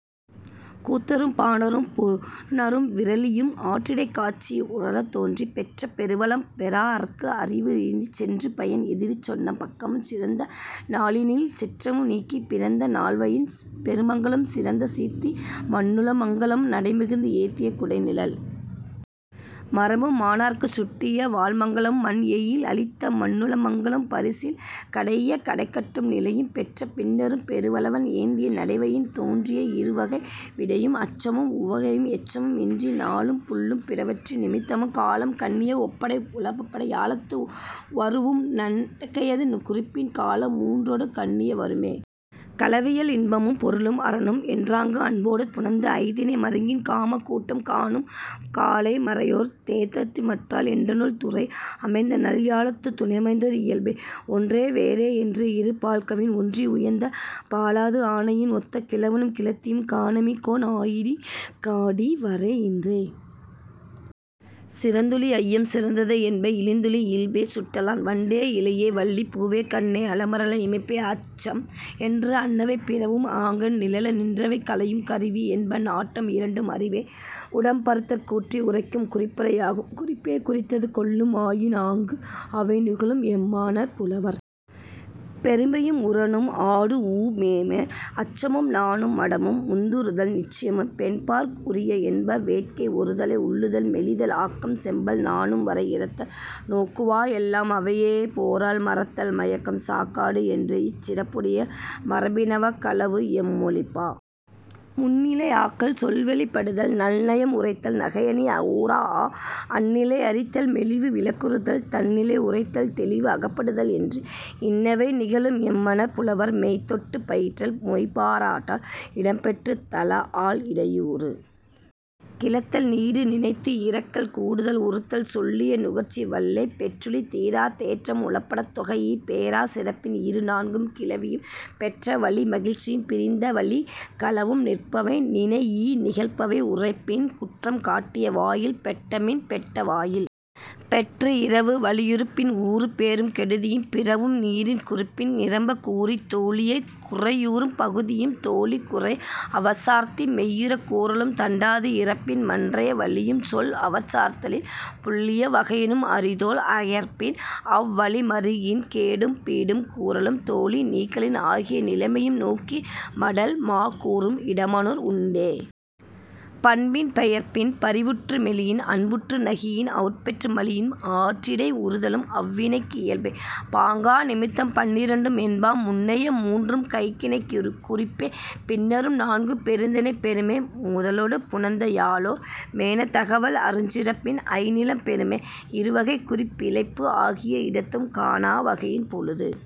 கூத்தரும் பாணரும் பொருநரும் விறலியும் ஆற்றிடைக் காட்சி உறழத் தோன்றி பெற்ற பெரு வளம் பெறாஅர்க்கு அறிவுறீஇ சென்று பயன் எதிரச் சொன்ன பக்கமும் சிறந்த நாளினில் செற்றம் நீக்கி பிறந்த நாள்வயின் பெருமங்கலமும் சிறந்த சீர்த்தி மண்ணுமங்கலமும் நடை மிகுத்து ஏத்திய குடை நிழல் மரபும் மாணார்ச் சுட்டிய வாள்மங்கலமும் மன் எயில் அழித்த மண்ணுமங்கலமும் பரிசில் கடைஇய கடைக்கூட்டு நிலையும் பெற்ற பின்னரும் பெரு வளன் ஏத்தி நடைவயின் தோன்றிய இரு வகை விடையும் அச்சமும் உவகையும் எச்சம் இன்றி நாளும் புள்ளும் பிறவற்றின் நிமித்தமும் காலம் கண்ணிய ஓம்படை உளப்பட ஞாலத்து வரூஉம் நடக்கையது குறிப்பின் காலம் மூன்றொடு கண்ணிய வருமே.. களவியல் இன்பமும் பொருளும் அறனும் என்றாங்கு அன்பொடு புணர்ந்த ஐந்திணை மருங்கின் காமக் கூட்டம் காணும் காலை மறையோர் தேஎத்து மன்றல் எட்டனுள் துறை அமை நல் யாழ்த் துணைமையோர் இயல்பே. ஒன்றே வேறே என்று இரு பால்வயின் ஒன்றி உயர்ந்த பாலது ஆணையின் ஒத்த கிழவனும் கிழத்தியும் காண்ப மிக்கோன் ஆயினும் கடி வரை இன்றே. சிறந்துழி ஐயம் சிறந்தது என்ப இழிந்துழி இழிபே சுட்டலான. வண்டே இழையே வள்ளி பூவே கண்ணே அலமரல் இமைப்பே அச்சம் என்று அன்னவை பிறவும் ஆங்கண் நிகழ நின்றவை களையும் கருவி என்ப. நாட்டம் இரண்டும் அறிவு உடம்படுத்தற்குக் கூட்டி உரைக்கும் குறிப்புரை ஆகும். குறிப்பே குறித்தது கொள்ளும் ஆயின் ஆங்கு அவை நிகழும் என்மனார் புலவர். பெருமையும் உரனும் ஆடூஉ மேன. அச்சமும் நாணும் மடனும் முந்துறுதல் நிச்சமும் பெண்பாற்கு உரிய என்ப. வேட்கை ஒருதலை உள்ளுதல் மெலிதல் ஆக்கம் செப்பல் நாணு வரை இறத்தல் நோக்குவ எல்லாம் அவையே போறல் மறத்தல் மயக்கம் சாக்காடு என்று இச் சிறப்புடை மரபினவை களவு என மொழிப. முன்னிலை ஆக்கல் சொல்வழிப்படுத்தல் நல் நயம் உரைத்தல் நகை நனி உறாஅ அந் நிலை அறிதல் மெலிவு விளக்குறுத்தல் தன் நிலை உரைத்தல் தெளிவு அகப்படுத்தல் என்று இன்னவை நிகழும் என்மனார் புலவர். மெய் தொட்டுப் பயிறல் பொய் பாராட்டல் இடம் பெற்றுத் தழாஅல் இடையூறு கிளத்தல் நீடு நினைந்து இரங்கல் கூடுதல் உறுதல் சொல்லிய நுகர்ச்சி வல்லே பெற்றுழித் தீராத் தேற்றம் உளப்படத் தொகைஇ பேராச் சிறப்பின் இரு நான்கு கிளவியும் பெற்றவழி மகிழ்ச்சியும் பிரிந்தவழிக் கலங்கலும் நிற்பவை நினைஇ நிகழ்பவை உரைப்பினும் குற்றம் காட்டிய வாயில் பெட்பினும் பெட்ட வாயில் பெற்று இரவு வலியுறுப்பினும் ஊரும் பேரும் கெடுதியும் பிறவும் நீரின் குறிப்பின் நிரம்பக் கூறித் தோழியைக் குறையுறும் பகுதியும் தோழி குறை அவட் சார்த்தி மெய்யுறக் கூறலும் தண்டாது இரப்பினும் மற்றைய வழியும் சொல் அவட் சார்த்தலின் புல்லிய வகையினும் அறிந்தோள் அயர்ப்பின் அவ் வழி மருங்கின் கேடும் பீடும் கூறலும் தோழி நீக்கலின் ஆகிய நிலைமையும் நோக்கி மடல் மா கூறும் இடனுமார் உண்டே. பண்பின் பெயர்ப்பினும் பரிவுற்று மெலியினும் அன்புற்று நகினும் அவட் பெற்று மலியினும் ஆற்றிடை உறுதலும் அவ் வினைக்கு இயல்பே. பாங்கன் நிமித்தம் பன்னிரண்டு என்ப. முன்னைய மூன்றும் கைக்கிளைக் குறிப்பே. பின்னர் நான்கும் பெருந்திணை பெறுமே. முதலொடு புணர்ந்த யாழோர் மேன தவல் அருஞ் சிறப்பின் ஐந் நிலம் பெறுமே. இரு வகைக் குறி பிழைப்பு ஆகிய இடத்தும் காணா வகையின் பொழுது